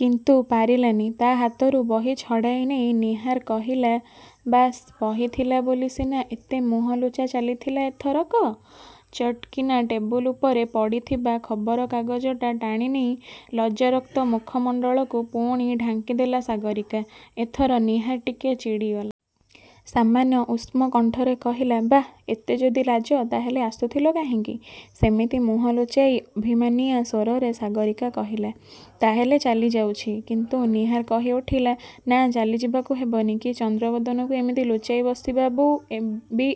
କିନ୍ତୁ ପାରିଲାନି। ତା' ହାତରୁ ବହି ଛଡ଼ାଇ ନେଇ ନୀହାର କହିଲା ''ବାସ୍–ବହି ଥିଲା ବୋଲି ସିନା ଏତେ ମୁହଁ ଲୁଚା ଚାଲିଥିଲା, ଏଥରକ-? '' ଚଟ୍କିନା ଟେବୁଲ୍ ଉପରେ ପଡ଼ିଥିବା ଖବରକାଗଜଟା ଟାଣିନେଇ ଳଜ୍ଜାରକ୍ତ ମୁଖ-ମଣ୍ଡଳକୁ ପୁଣି ଢାଙ୍କିଦେଲା ସାଗରୀକା। ଏଥର ନୀହାର ଟିକିଏ ଚିଡ଼ିଗଲା। ସାମାନ୍ୟ ଉଷ୍ମ କଣ୍ଠରେ କହିଲା–''ବାଃ–ଏତେ ଯଦି ଲାଜ, ତା'ହେଲେ ଆସୁଥିଲ କାହିଁକି? '' ସେମିତି ମୁହଁ ଲୁଚାଇ ଅଭିମାନିଆଁ ସ୍ୱରରେ ସାଗରୀକା କହିଲା–''ତା'ହେଲେ ଚାଲି ଯାଉଛି। '' କିନ୍ତୁ ନୀହାର କହି ଉଠିଲା–''ନା–ଚାଲିଯିବାକୁ ହେବନି। କି ଚନ୍ଦ୍ରବଦନକୁ ଏମିତି ଲୁଚାଇ ବସିବାବୁ ବି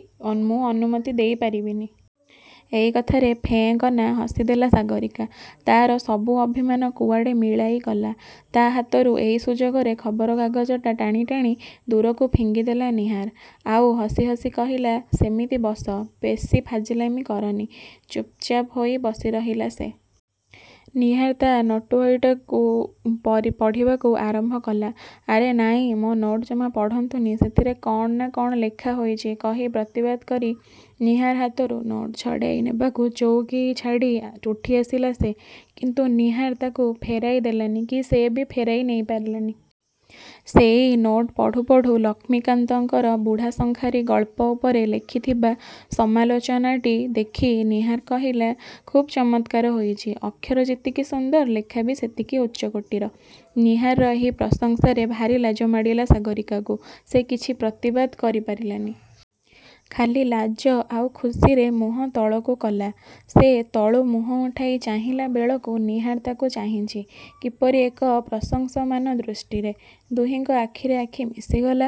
ମୁଁ ଅନୁମତି ଦେଇପାରିବିନି। '' ଏଇ କଥାରେ ଫେଁକନା ହସିଦେଲା ସାଗରୀକା। ତା'ର ସବୁ ଅଭିମାନ କୁଆଡ଼େ ମିଳାଇ ଗଲା। ତା' ହାତରୁ ଏଇ ସୁଯୋଗରେ ଖବରକାଗଜଟା ଟାଣିଟାଣି ଦୂରକୁ ଫିଙ୍ଗିଦେଲା ନୀହାର; ଆଉ ହସି ହସି କହିଲା–''ସେମିତି ବସ ବେଶୀ ଫାଜିଲାମି କରନି-। '' ଚୁପ୍ଚାପ୍ ହୋଇ ବସି ରହିଲା ସେ। ନୀହାର ତା' ନୋଟ୍ବହିକୁ ପଢ଼ିବାକୁ ଆରମ୍ଭ କଲା। ''ଆରେ ନାଇଁ–ମୋ ନୋଟ୍ ଜମା ପଢ଼ନ୍ତୁନି–ସେଥିରେ କ'ଣ ନା କ'ଣ ଲେଖା ହୋଇଛି'' କହି ପ୍ରତିବାଦ କରି, ନୀହାର ହାତରୁ ନୋଟ୍ ଛଡ଼ାଇ ନେବାକୁ ଚୌକି ଛାଡ଼ି ଉଠିଆସିଲା ସେ। କିନ୍ତୁ ନୀହାର ତାକୁ ଫେରାଇ ଦେଲାନି, କି ସେ ବି ଫେରାଇ ନେଇ ପାରିଲାନି। ସେହି ନୋଟ୍ ପଢ଼ୁ ପଢ଼ୁ; ଲକ୍ଷ୍ମୀକାନ୍ତଙ୍କର 'ବୁଢ଼ା ଶଙ୍ଖାରି' ଗଳ୍ପ ଉପରେ ଲେଖିଥିବା ସମାଲୋଚନାଟି ଦେଖି ନୀହାର କହିଲା–''ଖୁବ୍ ଚମତ୍କାର ହୋଇଛି–ଅକ୍ଷର ଯେତିକି ସୁନ୍ଦର–ଲେଖା ବି ସେତିକି ଉଚ୍ଚ କୋଟୀର। '' ନୀହାରର ଏହି ପ୍ରଶଂସାରେ ଭାରୀ ଲାଜ ମାଡ଼ିଲା ସାଗରୀକାକୁ। ସେ କିଛି ପ୍ରତିବାଦ କରିପାରିଲାନି। ଖାଲି ଲାଜ ଆଉ ଖୁସିରେ ମୁହଁ ତଳକୁ କଲା। ସେ ତଳୁ ମୁହଁ ଉଠାଇ ଚାହିଁଲା ବେଳକୁ ନୀହାର ତାକୁ ଚାହିଁଛି, କିପରି ଏକ ପ୍ରଶଂସମାନ ଦୃଷ୍ଟିରେ। ଦୁହିଁଙ୍କ ଆଖିରେ ଆଖି ମିଶିଗଲା।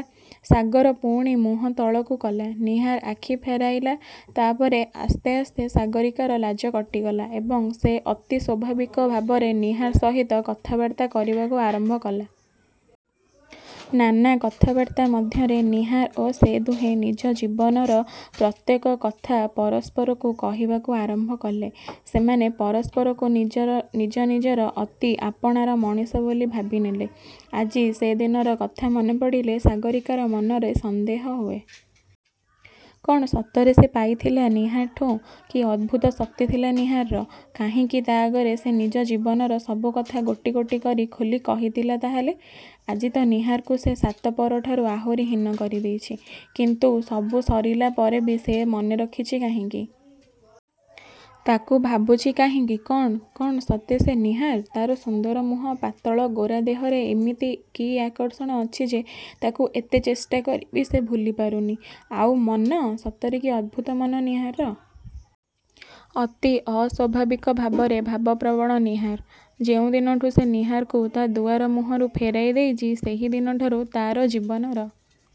ସାଗର ପୁଣି ମୁହଁ ତଳକୁ କଲା–ନୀହାର ଆଖି ଫେରାଇଲା। ତା'ପରେ ଆସ୍ତେ ଆସ୍ତେ ସାଗରୀକାର ଲାଜ କଟିଗଲା ଏବଂ ସେ ଅତି ସ୍ୱାଭାବିକ ଭାବରେ ନୀହାର ସହିତ କଥାବାର୍ତ୍ତା କରିବାକୁ ଆରମ୍ଭ କଲା। ନାନା କଥାବାର୍ତ୍ତା ମଧ୍ୟରେ ନୀହାର ଓ ସେ ଦୁହେଁ ନିଜ ନିଜ ଜୀବନର ପ୍ରତ୍ୟେକ କଥା ପରସ୍ପରକୁ କହିବାକୁ ଆରମ୍ଭ କଲେ। ସେମାନେ ପରସ୍ପରକୁ ନିଜ ନିଜର ଅତି ଆପାଣାର ମଣିଷ ବୋଲି ଭାବିନେଲେ। ଆଜି ସେ ଦିନର କଥା ମନେପଡ଼ିଲେ ସାଗରୀକାର ମନରେ ସନ୍ଦେହ ହୁଏ। କ'ଣ ସତରେ ସେ ପାଇଥିଲା ନୀହାରଠୁଁ। କି ଅଦ୍ଭୁତ ଶକ୍ତି ଥିଲା ନୀହାରର। କାହିଁକି ତା' ଆଗରେ ସେ ନିଜ ଜୀବନର ସବୁ କଥା ଗୋଟି ଗୋଟି କରି ଖୋଲି କହିଥିଲା ତା'ହେଲେ? ଆଜି ତ ନୀହାରକୁ ସେ 'ସାତପର'ଠାରୁ ଆହୁରି ହୀନ କରିଦେଇଛି। କିନ୍ତୁ ସବୁ ସରିଲା ପରେ ବି ସେ ତାକୁ ମନେରଖିଛି କାହିଁକି? ତାକୁ ଭାବୁଛି କାହିଁକି? କ'ଣ? କ'ଣ ସତେ ସେ ନୀହାର। ତା'ର ସୁନ୍ଦର ମୁହଁ, ପାତଳ ଗୋରା ଦେହରେ ଇମିତି କି ଆକର୍ଷଣ ଅଛି ଯେ ତାକୁ ଏତେ ଚେଷ୍ଟା କରି ବି ସେ ଭୁଲିପାରୁନି। ଆଉ ମନ? ସତରେ କି ଅଦ୍ଭୁତ ମନ ନୀହାରର। ଅତି ଅସ୍ୱାଭାବିକ ଭାବରେ ଭାବପ୍ରବଣ ନୀହାର। ଯେଉଁ ଦିନଠୁଁ ସେ ନୀହାରକୁ ତା' ଦୁଆର ମୁହଁରୁ ଫେରାଇ ଦେଇଛି, ସେହି ଦିନଠାରୁ ତା'ର ଜୀବନର